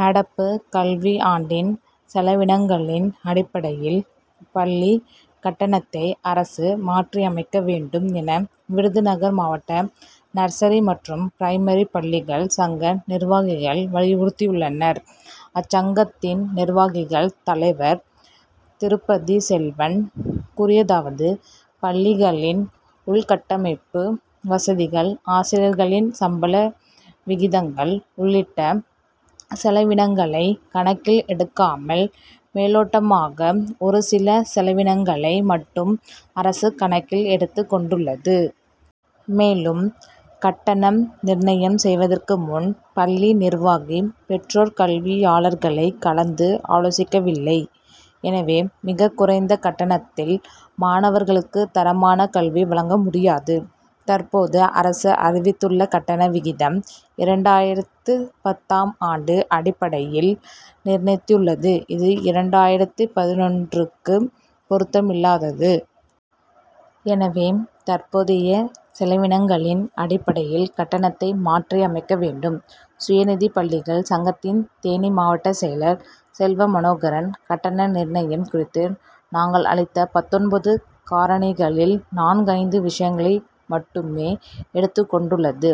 நடப்பு கல்வியாண்டின் செலவினங்களின் அடிப்படையில் பள்ளி கட்டணத்தை அரசு மாற்றி அமைக்க வேண்டும் என விருதுநகர் மாவட்ட நர்சரி மற்றும் பிரைமரி பள்ளிகள் சங்க நிர்வாகிகள் வலியுறுத்தியுள்ளனர். அச்சங்கத்தின் நிர்வாகிகள் தலைவர் திருப்பதி செல்வன் கூறியதாவது பள்ளிகளின் உள்கட்டமைப்பு வசதிகள் ஆசிரியர்களின் சம்பள விகிதங்கள் உள்ளிட்ட செலவினங்களை கணக்கில் எடுக்காமல் மேலோட்டமாக ஒரு சில செலவினங்களை மட்டும் அரசு கணக்கில் எடுத்து கொண்டுள்ளது. மேலும் கட்டணம் நிர்ணயம் செய்வதற்கு முன் பள்ளி நிர்வாகி பெற்றோர் கல்வியாளர்களை கலந்து ஆலோசிக்கவில்லை. எனவே மிகக் குறைந்த கட்டணத்தில் மாணவர்களுக்கு தரமான கல்வி வழங்க முடியாது. தற்போது அரசு அறிவித்துள்ள கட்டண விகிதம் இரண்டாயிரத்து பத்தாம் ஆண்டு அடிப்படையில் நிர்ணயித்துள்ளது. இது இரண்டாயிரத்து பதினொன்றுக்கு பொருத்தமில்லாதது. எனவே தற்போதைய செலவினங்களின் அடிப்படையில் கட்டணத்தை மாற்றி அமைக்க வேண்டும். சுயநிதி பள்ளிகள் சங்கத்தின் தேனி மாவட்ட செயலர் செல்வமனோகரன் கட்டண நிர்ணயம் குறித்து நாங்கள் அளித்த பத்தொன்பது காரணிகளில் நான்கு ஐந்து விஷயங்களை மட்டுமே எடுத்துக் கொண்டுள்ளது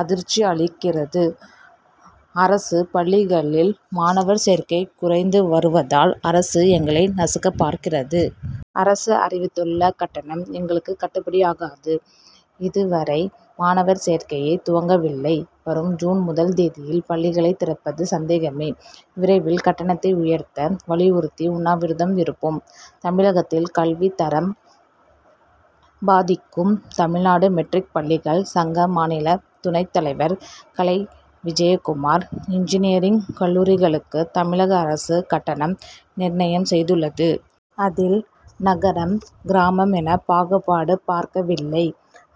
அதிர்ச்சி அளிக்கிறது. அரசு பள்ளிகளில் மாணவர் சேர்க்கை குறைந்து வருவதால் அரசு எங்களை நசுக்க பார்க்கிறது. அரசு அறிவித்துள்ள கட்டணம் எங்களுக்கு கட்டுப்படி ஆகாது. இதுவரை மாணவர் சேர்க்கையை துவங்கவில்லை. வரும் ஜூன் முதல் தேதியில் பள்ளிகளை திறப்பது சந்தேகமே. விரைவில் கட்டணத்தை உயர்த்த வலியுறுத்தி உண்ணாவிரதம் இருப்போம். தமிழகத்தில் கல்வித் தரம் பாதிக்கும் தமிழ்நாடு மெட்ரிக் பள்ளிகள் சங்க மாநில துணைத் தலைவர் கலை விஜயகுமார் இன்ஜினியரிங் கல்லூரிகளுக்கு தமிழக அரசு கட்டணம் நிர்ணயம் செய்துள்ளது. அதில் நகரம் கிராமம் என பாகுபாடு பார்க்கவில்லை.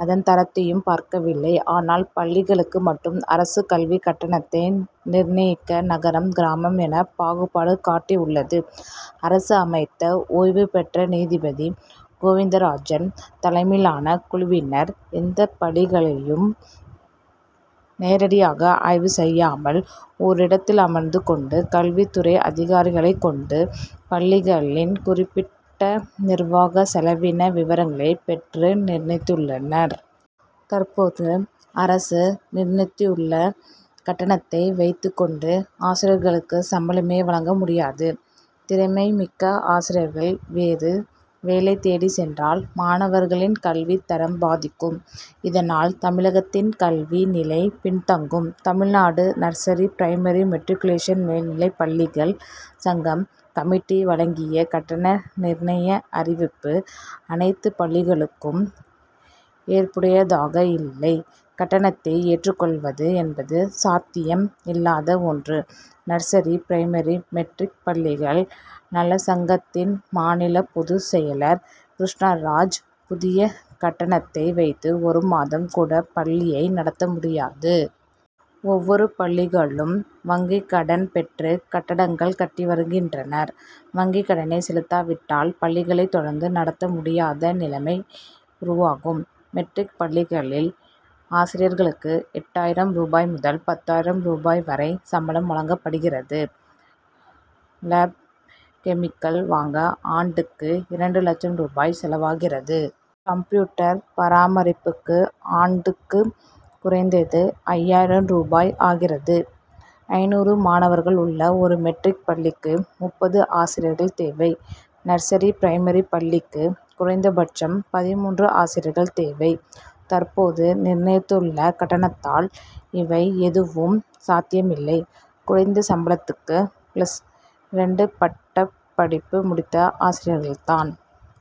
அதன் தரத்தையும் பார்க்கவில்லை. ஆனால் பள்ளிகளுக்கு மட்டும் அரசு கல்வி கட்டணத்தை நிர்ணயிக்க நகரம் கிராமம் என பாகுபாடு காட்டியுள்ளது. அரசு அமைத்த ஓய்வு பெற்ற நீதிபதி கோவிந்தராஜன் தலைமையிலான குழுவினர் எந்த பள்ளிகளையும் நேரடியாக ஆய்வு செய்யாமல் ஓரிடத்தில் அமர்ந்துக் கொண்டு கல்வித் துறை அதிகாரிகளைக் கொண்டு பள்ளிகளின் குறிப்பிட்ட நிர்வாக செலவின விவரங்களை பெற்று நிர்ணயித்துள்ளனர். தற்போது அரசு நிர்ணயித்துள்ள கட்டணத்தை வைத்துக் கொண்டு ஆசிரியர்களுக்கு சம்பளமே வழங்க முடியாது. திறமை மிக்க ஆசிரியர்கள் வேறு வேலை தேடி சென்றால் மாணவர்களின் கல்வித் தரம் பாதிக்கும். இதனால் தமிழகத்தின் கல்வி நிலை பின்தங்கும். தமிழ்நாடு நர்சரி பிரைமரி மெட்ரிகுலேஷன் மேல்நிலை பள்ளிகள் சங்கம் கமிட்டி வழங்கிய கட்டண நிர்ணய அறிவிப்பு அனைத்து பள்ளிகளுக்கும் ஏற்புடையதாக இல்லை கட்டணத்தை ஏற்றுக்கொள்வது என்பது சாத்தியம் இல்லாத ஒன்று நர்சரி பிரைமரி மெட்ரிக் பள்ளிகள் நலச்சங்கத்தின் மாநில பொதுச் செயலர் கிருஷ்ணராஜ் புதிய கட்டணத்தை வைத்து ஒரு மாதம் கூட பள்ளியை நடத்த முடியாது. ஒவ்வொரு பள்ளிகளும் வங்கிக் கடன் பெற்று கட்டடங்கள் கட்டி வருகின்றன. வங்கிக் கடனை செலுத்தா விட்டால் பள்ளிகளை தொடர்ந்து நடத்த முடியாத நிலைமை உருவாகும். மெட்ரிக் பள்ளிகளில் ஆசிரியர்களுக்கு எட்டாயிரம் ரூபாய் முதல் பத்தாயிரம் ரூபாய் வரை சம்பளம் வழங்கப்படுகிறது. லேப் கெமிக்கல் வாங்க ஆண்டுக்கு இரண்டு லட்சம் ரூபாய் செலவாகிறது. கம்ப்யூட்டர் பராமரிப்புக்கு ஆண்டுக்கு குறைந்தது ஐயாயிரம் ரூபாய் ஆகிறது. ஐநூறு மாணவர்கள் உள்ள ஒரு மெட்ரிக் பள்ளிக்கு முப்பது ஆசிரியர்கள் தேவை. நர்சரி பிரைமரி பள்ளிக்கு குறைந்தபட்சம் பதின்மூன்று ஆசிரியர்கள் தேவை. தற்போது நிர்ணயித்துள்ள கட்டணத்தால் இவை எதுவும் சாத்தியமில்லை. குறைந்த சம்பளத்துக்கு பிளஸ் இரண்டு பட்டப்படிப்பு முடித்த ஆசிரியர்கள்தான்.